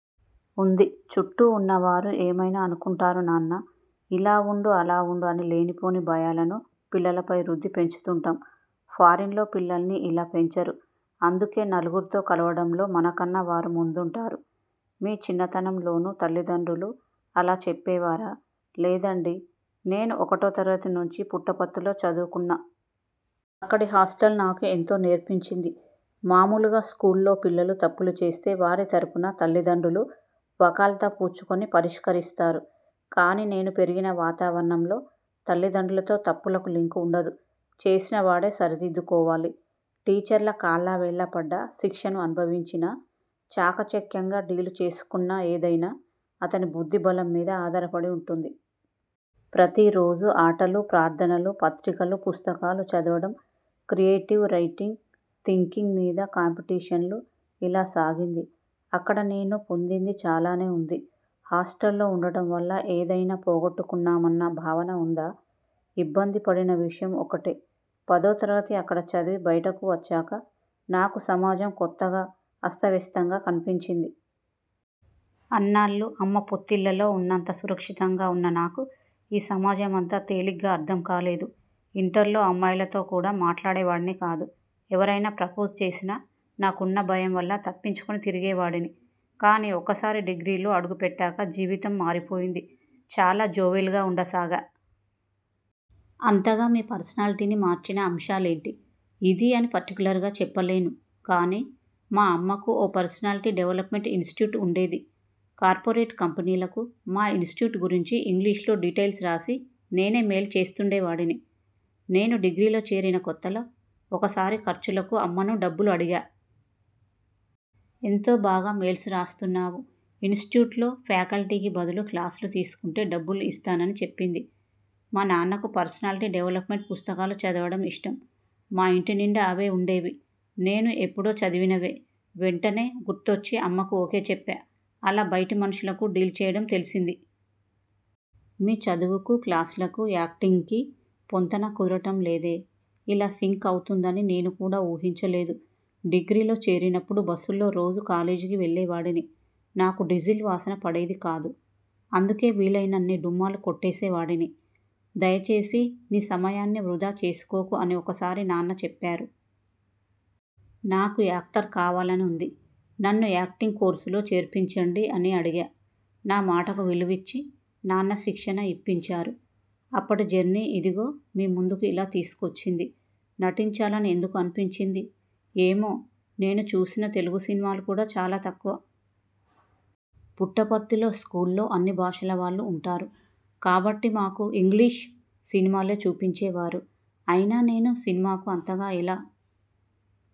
ఉంది 'చుట్టూ ఉన్నవారు ఏమైనా అనుకుంటారు నాన్నా.. ఇలా ఉండు, అలా ఉండు' అని లేనిపోని భయాలను పిల్లలపై రుద్ది పెంచుతుంటాం. ఫారిన్లో పిల్లల్ని ఇలా పెంచరు. అందుకే నలుగురితో కలవడంలో మనకన్నా వారు ముందుంటారు. మీ చిన్నతనంలోనూ తల్లిదండ్రులు అలా చెప్పేవారా? లేదండీ. నేను ఒకటో తరగతి నుంచి పుట్టపర్తిలో చదువుకున్నా. అక్కడి హాస్టల్ నాకు ఎంతో నేర్పించింది. మామూలుగా స్కూల్లో పిల్లలు తప్పులు చేస్తే, వారి తరఫున తల్లిదండ్రులు వకాల్తా పుచ్చుకుని పరిష్కరిస్తారు. కానీ నేను పెరిగిన వాతావరణంలో తల్లిదండ్రులతో తప్పులకు లింకు ఉండదు. చేసిన వాడే సరిదిద్దుకోవాలి. టీచర్ల కాళ్లావేళ్లా పడ్డా, శిక్షను అనుభవించినా, చాకచక్యంగా డీల్ చేసుకున్నాఏదైనా అతని బుద్ధిబలం మీద ఆధారపడి ఉంటుంది. ప్రతిరోజూ ఆటలు, ప్రార్థనలు, పత్రికలు, పుస్తకాలు చదవడం, క్రియేటివ్ రైటింగ్.. థింకింగ్ మీద కాంపిటీషన్లు.. ఇలా సాగింది అక్కడ నేను పొందింది చాలానే ఉంది. హాస్టల్లో ఉండటం వల్ల ఏదైనా పోగొట్టుకున్నామన్న భావన ఉందా? ఇబ్బంది పడిన విషయం ఒక్కటే. పదో తరగతి అక్కడ చదివి బయటకు వచ్చాక నాకు సమాజం కొత్తగా, అస్తవ్యస్తంగా కనిపించింది. అన్నాళ్లూ అమ్మ పొత్తిళ్లలో ఉన్నంత సురక్షితంగా ఉన్న నాకు ఈ సమాజం అంత తేలిగ్గా అర్థం కాలేదు. ఇంటర్లో అమ్మాయిలతో కూడా మాట్లాడేవాడిని కాదు. ఎవరైనా ప్రపోజ్ చేసినా.. నాకున్న భయం వల్ల తప్పించుకుని తిరిగేవాడిని. కానీ ఒక్కసారి డిగ్రీలో అడుగుపెట్టాక జీవితం మారిపోయింది. చాలా జోవియల్గా ఉండసాగా. అంతగా మీ పర్సనాలిటీని మార్చిన అంశాలేంటి? ఇదీ.. అని పర్టిక్యులర్గా చెప్పలేను కానీ.. మా అమ్మకు ఓ పర్సనాలిటీ డెవల్పమెంట్ ఇన్స్టిట్యూట్ ఉండేది. కార్పొరేట్ కంపెనీలకు మా ఇన్స్టిట్యూట్ గురించి ఇంగ్లిష్లో డీటైల్స్ రాసి నేనే మెయిల్ చేస్తుండేవాడిని. నేను డిగ్రీలో చేరిన కొత్తలో ఒకసారి ఖర్చులకు అమ్మను డబ్బులు అడిగా. ఎంతో బాగా మెయిల్స్ రాస్తున్నావు.. ఇన్స్టిట్యూట్లో ఫ్యాకల్టీకి బదులు క్లాసులు తీసుకుంటే డబ్బులు ఇస్తానని చెప్పింది. మా నాన్నకు పర్సనాలిటీ డెవల్పమెంట్ పుస్తకాలు చదవడం ఇష్టం. మా ఇంటి నిండా అవే ఉండేవి. నేనూ ఎప్పుడో చదివినవే. వెంటనే గుర్తొచ్చి అమ్మకు ఓకే చెప్పా. అలా బయటి మనుషులను డీల్ చేయడం తెలిసింది. మీ చదువుకు, క్లాసులకు, యాక్టింగ్కీ పొంతన కుదరడం లేదే? ఇలా సింక్ అవుతుందని నేను కూడా ఊహించలేదు. డిగ్రీలో చేరినప్పుడు బస్సుల్లో రోజూ కాలేజీకి వెళ్లేవాడిని. నాకు డీజిల్ వాసన పడేది కాదు. అందుకే వీలైనన్ని డుమ్మాలు కొట్టేసేవాడిని. 'దయచేసి నీ సమయాన్ని వృథా చేసుకోకు' అని ఒకసారి నాన్న చెప్పారు. 'నాకు యాక్టర్ కావాలని ఉంది. నన్ను యాక్టింగ్ కోర్సులో చేర్పించండి' అని అడిగా. నా మాటకు విలువిచ్చి నాన్న శిక్షణ ఇప్పించారు. అప్పటి జర్నీ.. ఇదుగో మీ ముందుకు ఇలా తీసుకొచ్చింది. నటించాలని ఎందుకు అనిపించింది? ఏమో.. నేను చూసిన తెలుగు సినిమాలు కూడా చాలా తక్కువ. పుట్టపర్తిలో స్కూల్లో అన్ని భాషల వాళ్లూ ఉంటారు కాబట్టి మాకు ఇంగ్లిష్ సినిమాలే చూపించేవారు. అయినా నేను సినిమాకు అంతగా ఎలా